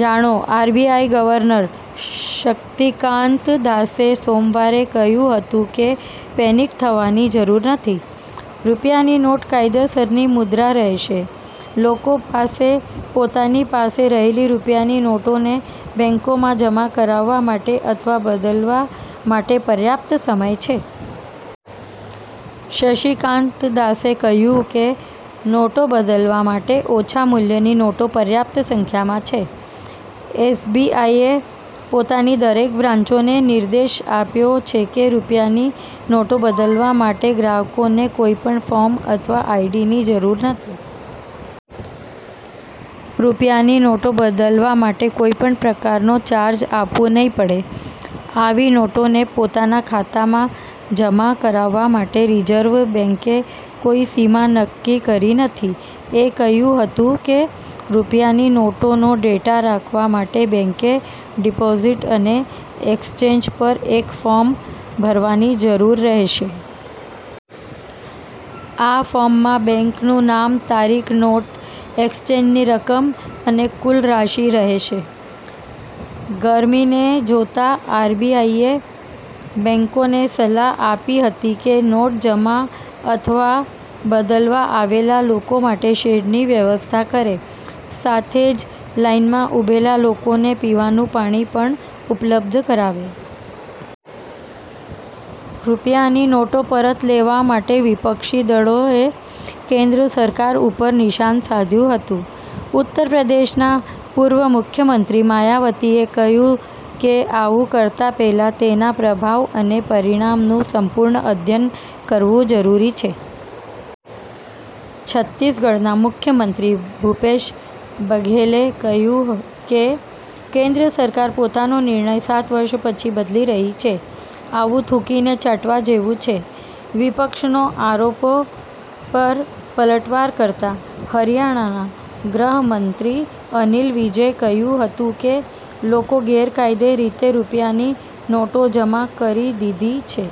જાણો RBI governor Shaktikanta દાસે સોમવારે કહ્યું હતું કે પેનિક થવાની જરૂર નથી. રૂપિયાની નોટ કાયદેસરની મુદ્રા રહેશે. લોકો પાસે પોતાની પાસે રહેલી રૂપિયાની નોટોને બેંકોમાં જમા કરાવવા માટે અથવા બદલવા માટે પર્યાપ્ત સમય છે. – શક્તિકાંત દાસે કહ્યું કે નોટો બદલવા માટે ઓછા મૂલ્યની નોટો પર્યાપ્ત સંખ્યામાં છે. એસબીઆઈએ પોતાની દરેક બ્રાંચોને નિર્દેશ આપ્યો છે કે રૂપિયાની નોટો બદલવા માટે ગ્રાહકોને કોઈપણ ફોર્મ અથવા આઇડીની જરૂરત નથી. – રૂપિયાની નોટો બદલવા માટે કોઈપણ પ્રકારનો ચાર્જ આપવો નહીં પડે. આવી નોટોને પોતાના ખાતામાં જમા કરાવવા માટે રિઝર્વ બેન્કે કોઈ સીમા નક્કી કરી નથી. – એ કહ્યું હતું કે રૂપિયાની નોટોનો ડેટા રાખવા માટે બેંકે ડિપોઝિટ અને એક્સચેન્જ પર એક ફોર્મ ભરવાની જરૂરત રહેશે. આ ફોર્મમાં બેંકનું નામ તારીખ, નોટ એક્સચેન્જની રકમ અને કુલ રાશિ રહેશે. – ગર્મીને જોતા આરબીઆઈએ બેંકોને સલાહ આપી હતી કે નોટ જમા અથવા બદલવા આવેલા લોકો માટે શેડની વ્યવસ્થા કરે. સાથે જ લાઇનમાં ઉભેલા લોકોને પીવાનું પાણી પણ ઉપલબ્ધ કરાવે. – રૂપિયાની નોટો પરત લેવા માટે વિપક્ષી દળોએ કેન્દ્ર સરકાર ઉપર નિશાન સાધ્યું હતું. ઉત્તર પ્રદેશના પૂર્વ મુખ્યમંત્રી માયાવતીએ કહ્યું કે આવું કરતા પહેલા તેના પ્રભાવ અને પરિણામનું સંપૂર્ણ અધ્યયન કરવું જરૂરી છે. છત્તીસગઢના મુખ્યમંત્રી ભૂપેશ બઘેલે કહ્યું કે કેન્દ્ર સરકારે પોતાનો નિર્ણય સાત વર્ષ પછી બદલી રહી છે. આવું થૂંકીને ચાટવા જેવું છે. – વિપક્ષનો આરોપો પર પલટવાર કરતા હરિયાણાના ગૃહમંત્રી અનિલ વિજે કહ્યું હતું કે લોકોએ ગેરકાયદે રીતે રૂપિયાની નોટો જમા કરી દીધી છે.